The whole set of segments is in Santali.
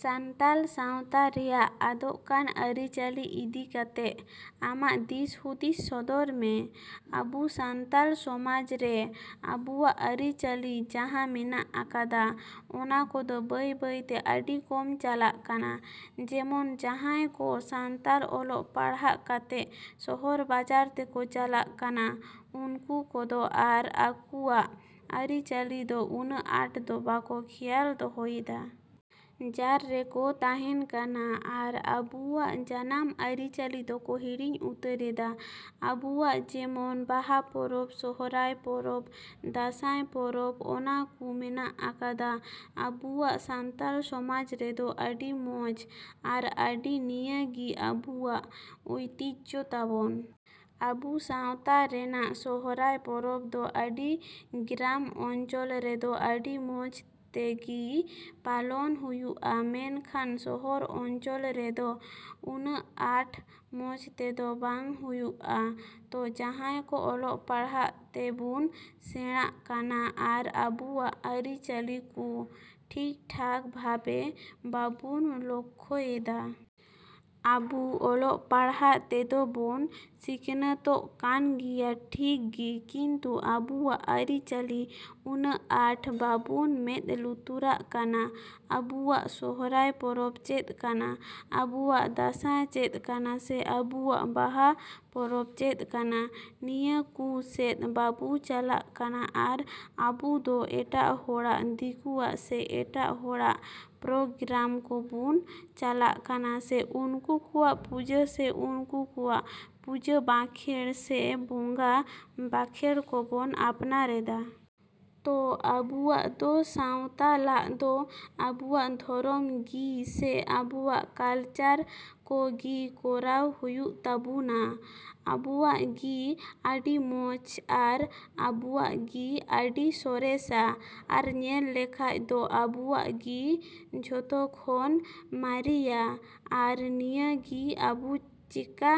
ᱥᱟᱱᱛᱟᱞ ᱥᱟᱶᱛᱟ ᱨᱮᱭᱟᱜ ᱟᱫᱚᱜ ᱠᱟᱱ ᱟᱹᱨᱤ ᱪᱟᱹᱞᱤ ᱤᱫᱤ ᱠᱟᱛᱮᱜ ᱟᱢᱟᱜ ᱫᱤᱥ ᱦᱩᱫᱤᱥ ᱥᱚᱫᱚᱨ ᱢᱮ᱾ ᱟᱵᱩ ᱥᱟᱱᱛᱟᱞ ᱥᱚᱢᱟᱡᱽ ᱨᱮ ᱟᱵᱩᱣᱟᱜ ᱟᱹᱨᱤᱪᱟᱹᱞᱤ ᱡᱟᱦᱟᱸ ᱢᱮᱱᱟᱜ ᱟᱠᱟᱫᱟ, ᱚᱱᱟᱠᱚᱫᱚ ᱵᱟᱹᱭ ᱵᱟᱹᱭ ᱛᱮ ᱟᱹᱰᱤ ᱠᱚᱢ ᱪᱟᱞᱟᱜ ᱠᱟᱱᱟ᱾ ᱡᱮᱢᱚᱱ ᱡᱟᱦᱟᱸᱭ ᱠᱚ ᱥᱟᱱᱛᱟᱞ ᱚᱞᱚᱜ ᱯᱟᱲᱦᱟᱜ ᱠᱟᱛᱮᱜ ᱥᱚᱦᱚᱨ ᱵᱟᱡᱟᱨ ᱛᱮᱠᱚ ᱪᱟᱞᱟᱜ ᱠᱟᱱᱟ, ᱩᱱᱠᱩ ᱠᱚᱫᱚ ᱟᱨ ᱟᱠᱩᱣᱟᱜ ᱟᱹᱨᱤ ᱪᱟᱹᱞᱤᱫᱚ ᱩᱱᱟᱹᱜ ᱟᱴᱫᱚ ᱵᱟᱠᱚ ᱠᱷᱮᱭᱟᱞ ᱫᱚᱦᱚᱭᱮᱫᱟ᱾ ᱡᱟᱨ ᱨᱮᱠᱚ ᱛᱟᱦᱮᱸᱱ ᱠᱟᱱᱟ ᱟᱨ ᱟᱠᱩᱣᱟᱜ ᱡᱟᱱᱟᱢ ᱟᱹᱨᱤᱪᱟᱹᱞᱤ ᱫᱚᱠᱚ ᱦᱤᱲᱤᱧ ᱩᱛᱟᱹᱨᱮᱫᱟ᱾ ᱟᱵᱩᱣᱟᱜ ᱡᱮᱢᱚᱱ ᱵᱟᱦᱟ ᱯᱚᱨᱚᱵ, ᱥᱚᱦᱚᱨᱟᱭ ᱯᱚᱨᱚᱵ, ᱫᱟᱸᱥᱟᱭ ᱯᱚᱨᱚᱵ ᱚᱱᱟᱠᱩ ᱢᱮᱱᱟᱜ ᱟᱠᱟᱫᱟ᱾ ᱟᱵᱩᱣᱟᱜ ᱥᱟᱱᱛᱟᱞ ᱥᱚᱢᱟᱡᱽ ᱨᱮᱫᱚ ᱟᱹᱰᱤ ᱢᱚᱪ ᱟᱨ ᱟᱹᱰᱤ ᱱᱤᱭᱟᱹᱜᱤ ᱟᱵᱩᱣᱟᱜ ᱳᱭᱛᱤᱡᱚ ᱛᱟᱵᱩᱱ᱾ ᱟᱵᱩ ᱥᱟᱶᱛᱟ ᱨᱮᱱᱟᱜ ᱥᱚᱦᱚᱨᱟᱭ ᱯᱚᱨᱚᱵ ᱫᱚ ᱟᱹᱰᱤ ᱜᱨᱟᱢ ᱚᱧᱪᱚᱞ ᱨᱮᱫᱚ ᱟᱹᱰᱤ ᱢᱚᱡᱽᱛᱮᱜᱤ ᱯᱟᱞᱚᱱ ᱦᱩᱭᱩᱜᱼᱟ, ᱢᱮᱱᱠᱷᱟᱱ ᱥᱚᱦᱚᱨ ᱚᱧᱪᱚᱞ ᱨᱮᱫᱚ ᱩᱱᱟᱹᱜ ᱟᱴ ᱢᱚᱡᱽᱛᱮᱫᱚ ᱵᱟᱝ ᱦᱩᱭᱩᱜᱼᱟ᱾ ᱛᱚ ᱡᱟᱦᱟᱸᱭ ᱠᱚ ᱚᱞᱚᱜ ᱯᱟᱲᱦᱟᱜ ᱛᱮᱵᱩᱱ ᱥᱮᱬᱟᱜ ᱠᱟᱱᱟ ᱟᱨ ᱟᱵᱩᱣᱟᱜ ᱟᱹᱨᱤᱪᱟᱹᱞᱤᱠᱩ ᱴᱷᱤᱠᱴᱷᱟᱠ ᱵᱷᱟᱵᱮ ᱵᱟᱵᱩᱱ ᱞᱚᱠᱷᱚᱭᱮᱫᱟ᱾ ᱟᱵᱩ ᱚᱞᱚᱜ ᱯᱟᱲᱦᱟᱜ ᱛᱮᱫᱚᱵᱩᱱ ᱥᱤᱠᱷᱱᱟᱹᱛᱚᱜ ᱠᱟᱱᱜᱮᱭᱟ ᱴᱷᱤᱠᱜᱤ, ᱠᱤᱱᱛᱩ ᱟᱵᱩᱣᱟᱜ ᱟᱹᱨᱤᱪᱟᱹᱞᱤ ᱩᱱᱟᱹᱜ ᱟᱴ ᱵᱟᱵᱩᱱ ᱢᱮᱫ ᱞᱩᱛᱩᱨᱟᱜ ᱠᱟᱱᱟ᱾ ᱟᱵᱩᱣᱟᱜ ᱥᱚᱦᱚᱨᱟᱭ ᱯᱚᱨᱚᱵ ᱪᱮᱫ ᱠᱟᱱᱟ, ᱟᱵᱩᱣᱟᱜ ᱫᱟᱸᱥᱟᱭ ᱪᱮᱫ ᱠᱟᱱᱟ ᱥᱮ ᱟᱵᱩᱣᱟᱜ ᱵᱟᱦᱟ ᱯᱚᱨᱚᱵ ᱪᱮᱫ ᱠᱟᱱᱟ, ᱱᱤᱭᱟᱹ ᱠᱩ ᱥᱮᱫ ᱵᱟᱵᱩ ᱪᱟᱞᱟᱜ ᱠᱟᱱᱟ ᱟᱨ ᱟᱵᱩᱫᱚ ᱮᱴᱟᱜ ᱦᱚᱲᱟᱜ ᱫᱤᱠᱩᱣᱟᱜ ᱥᱮ ᱮᱴᱟᱜ ᱦᱚᱲᱟᱜ ᱯᱨᱚᱜᱨᱟᱢ ᱠᱚᱵᱩᱱ ᱪᱟᱞᱟᱜ ᱠᱟᱱᱟ ᱥᱮ ᱩᱱᱠᱩ ᱠᱚᱣᱟᱜ ᱯᱩᱡᱟᱹ ᱥᱮ ᱩᱱᱠᱩ ᱠᱩᱣᱟᱜ ᱯᱩᱡᱟᱹ ᱵᱟᱸᱠᱷᱮᱲ ᱥᱮ ᱵᱚᱸᱜᱟ ᱵᱟᱠᱷᱮᱲ ᱠᱚᱵᱚᱱ ᱟᱯᱱᱟᱨᱮᱫᱟ᱾ ᱛᱚ ᱟᱵᱩᱣᱟᱜ ᱫᱚ ᱥᱟᱶᱛᱟᱞᱟᱜ ᱫᱚ ᱟᱵᱩᱣᱟᱜ ᱫᱷᱚᱨᱚᱢ ᱜᱤ ᱥᱮ ᱟᱵᱩᱣᱟᱜ ᱠᱟᱞᱪᱟᱨ ᱠᱚᱜᱤ ᱠᱚᱨᱟᱣ ᱦᱩᱭᱩᱜ ᱛᱟᱵᱩᱱᱟ᱾ ᱟᱵᱩᱣᱟᱜ ᱜᱤ ᱟᱹᱰᱤ ᱢᱚᱪ ᱟᱨ ᱟᱵᱩᱣᱟᱜ ᱜᱤ ᱟᱹᱰᱤ ᱥᱚᱨᱮᱥᱟ ᱟᱨ ᱧᱮᱞ ᱞᱮᱠᱷᱟᱡ ᱫᱚ ᱟᱵᱩᱣᱟᱜ ᱜᱤ ᱡᱚᱛᱚᱠᱷᱚᱱ ᱢᱟᱨᱤᱭᱟ ᱟᱨ ᱱᱤᱭᱟᱹᱜᱤ ᱟᱵᱩ ᱪᱮᱠᱟ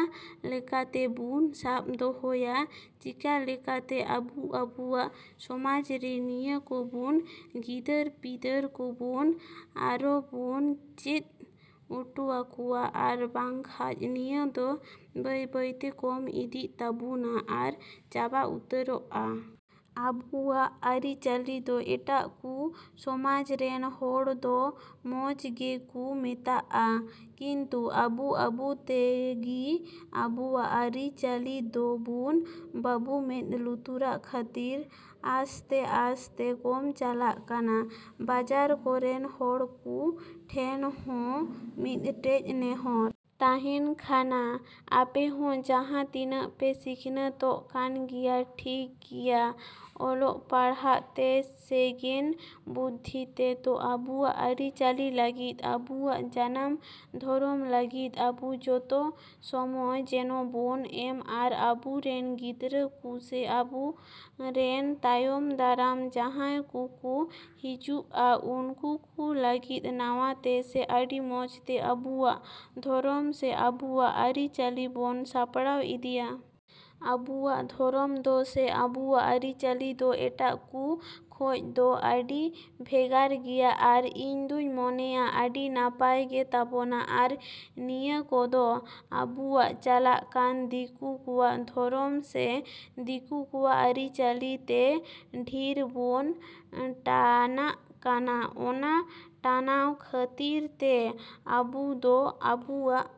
ᱞᱮᱠᱟᱛᱮᱵᱩᱱ ᱥᱟᱵ ᱫᱚᱦᱚᱭᱟ, ᱪᱮᱠᱟᱞᱮᱠᱟᱛᱮ ᱟᱵᱩ ᱟᱵᱩᱣᱟᱜ ᱥᱚᱢᱟᱡᱽ ᱨᱮ ᱱᱤᱭᱟᱹ ᱠᱩᱵᱩᱱ ᱜᱤᱫᱟᱹᱨ ᱯᱤᱫᱟᱹᱨ ᱠᱩᱵᱩᱱ ᱟᱨᱚᱵᱩᱱ ᱪᱤᱫ ᱩᱴᱩᱣᱟᱠᱩᱣᱟ ᱟᱨ ᱵᱟᱝᱠᱷᱟᱡ ᱱᱤᱭᱟᱹ ᱫᱚ ᱵᱟᱹᱭᱼᱵᱟᱹᱭᱛᱮ ᱠᱚᱢ ᱤᱫᱤᱜ ᱛᱟᱵᱩᱱᱟ ᱟᱨ ᱪᱟᱵᱟ ᱩᱛᱟᱹᱨᱚᱜᱼᱟ᱾ ᱟᱵᱩᱣᱟᱜ ᱟᱹᱨᱤᱪᱟᱹᱞᱤ ᱫᱚ ᱮᱴᱟᱜ ᱠᱩ ᱥᱚᱢᱟᱡᱽ ᱨᱮᱱ ᱦᱚᱲ ᱫᱚ ᱢᱚᱪ ᱜᱮᱠᱩ ᱢᱮᱛᱟᱜᱼᱟ, ᱠᱤᱱᱛᱩ ᱟᱵᱩ ᱟᱵᱩᱛᱮᱜᱤ ᱟᱵᱩᱣᱟᱜ ᱟᱹᱨᱤ ᱪᱟᱹᱞᱤᱫᱚᱵᱩᱱ ᱵᱟᱹᱵᱩ ᱢᱮᱫ ᱞᱩᱛᱩᱨᱟᱜ ᱠᱷᱟᱹᱛᱤᱨ ᱟᱥᱛᱮᱼᱟᱥᱛᱮ ᱠᱚᱢ ᱪᱟᱞᱟᱜ ᱠᱟᱱᱟ᱾ ᱵᱟᱡᱟᱨ ᱠᱚᱨᱮᱱ ᱦᱚᱲᱠᱩ ᱴᱷᱮᱱ ᱦᱚᱸ ᱢᱤᱫᱴᱮᱡ ᱱᱮᱦᱚᱨ ᱛᱟᱦᱮᱸᱱ ᱠᱷᱟᱱᱟ, ᱟᱯᱮᱦᱚᱸ ᱡᱟᱦᱟᱸ ᱛᱤᱱᱟᱹᱜ ᱯᱮ ᱥᱤᱠᱷᱱᱟᱹᱛᱚᱜ ᱠᱟᱱᱜᱮᱭᱟ ᱴᱷᱤᱠᱜᱮᱭᱟ ᱚᱞᱚᱜ ᱯᱟᱲᱟᱦᱟᱜ ᱛᱮ ᱥᱮᱜᱮᱱ ᱵᱩᱨᱫᱷᱤᱛᱮ ᱛᱚ ᱟᱵᱩᱣᱟᱜ ᱟᱹᱨᱤᱪᱟᱹᱞᱤ ᱞᱟᱹᱜᱤᱫ, ᱟᱵᱩᱣᱟᱜ ᱡᱟᱱᱟᱢ ᱫᱷᱚᱨᱚᱢ ᱞᱟᱹᱜᱤᱫ ᱟᱵᱩ ᱡᱚᱛᱚ ᱥᱚᱢᱚᱭ ᱡᱮᱱᱚᱵᱩᱱ ᱮᱢ ᱟᱨ ᱟᱵᱩᱨᱮᱱ ᱜᱤᱫᱽᱨᱟᱹᱠᱩ ᱥᱮ ᱟᱵᱩᱨᱮᱱ ᱛᱟᱭᱚᱢ ᱫᱟᱨᱟᱢ ᱡᱟᱦᱟᱸᱭ ᱠᱩᱠᱩ ᱦᱤᱡᱩᱜᱼᱟ ᱩᱱᱠᱩ ᱠᱩ ᱞᱟᱹᱜᱤᱫ ᱱᱟᱣᱟᱛᱮ ᱥᱮ ᱟᱹᱰᱤ ᱢᱚᱡᱽᱛᱮ ᱟᱵᱩᱣᱟᱜ ᱫᱷᱚᱨᱚᱢ ᱥᱮ ᱟᱵᱩᱣᱟᱜ ᱟᱹᱨᱤᱪᱟᱹᱞᱤ ᱵᱩᱱ ᱥᱟᱯᱲᱟᱣ ᱤᱫᱤᱭᱟ᱾ ᱟᱵᱩᱣᱟᱜ ᱫᱷᱚᱨᱚᱢ ᱫᱚ ᱥᱮ ᱟᱵᱩᱣᱟᱜ ᱟᱹᱨᱤᱪᱟᱹᱞᱤᱫᱚ ᱮᱴᱟᱜ ᱠᱩ ᱠᱷᱚᱡ ᱫᱚ ᱟᱹᱰᱤ ᱵᱷᱮᱜᱟᱨ ᱜᱮᱭᱟ ᱟᱨ ᱤᱧᱫᱚᱧ ᱢᱚᱱᱮᱭᱟ ᱟᱹᱰᱤ ᱱᱟᱯᱟᱭ ᱜᱮ ᱛᱟᱵᱚᱱᱟ ᱟᱨ ᱱᱤᱭᱟᱹ ᱠᱚᱫᱚ ᱟᱵᱩᱣᱟᱜ ᱪᱟᱞᱟᱜ ᱠᱟᱱ ᱫᱤᱠᱩ ᱠᱚᱣᱟᱜ ᱫᱷᱚᱨᱚᱢ ᱥᱮ ᱫᱤᱠᱩ ᱠᱚᱣᱟᱜ ᱟᱹᱨᱤᱪᱟᱹᱞᱤᱛᱮ ᱰᱷᱤᱨᱵᱩᱱ ᱴᱟᱱᱟᱜ ᱠᱟᱱᱟ᱾ ᱚᱱᱟ ᱴᱟᱱᱟᱣ ᱠᱷᱟᱹᱛᱤᱨ ᱛᱮ ᱟᱵᱩᱫᱚ ᱟᱵᱩᱣᱟᱜ᱾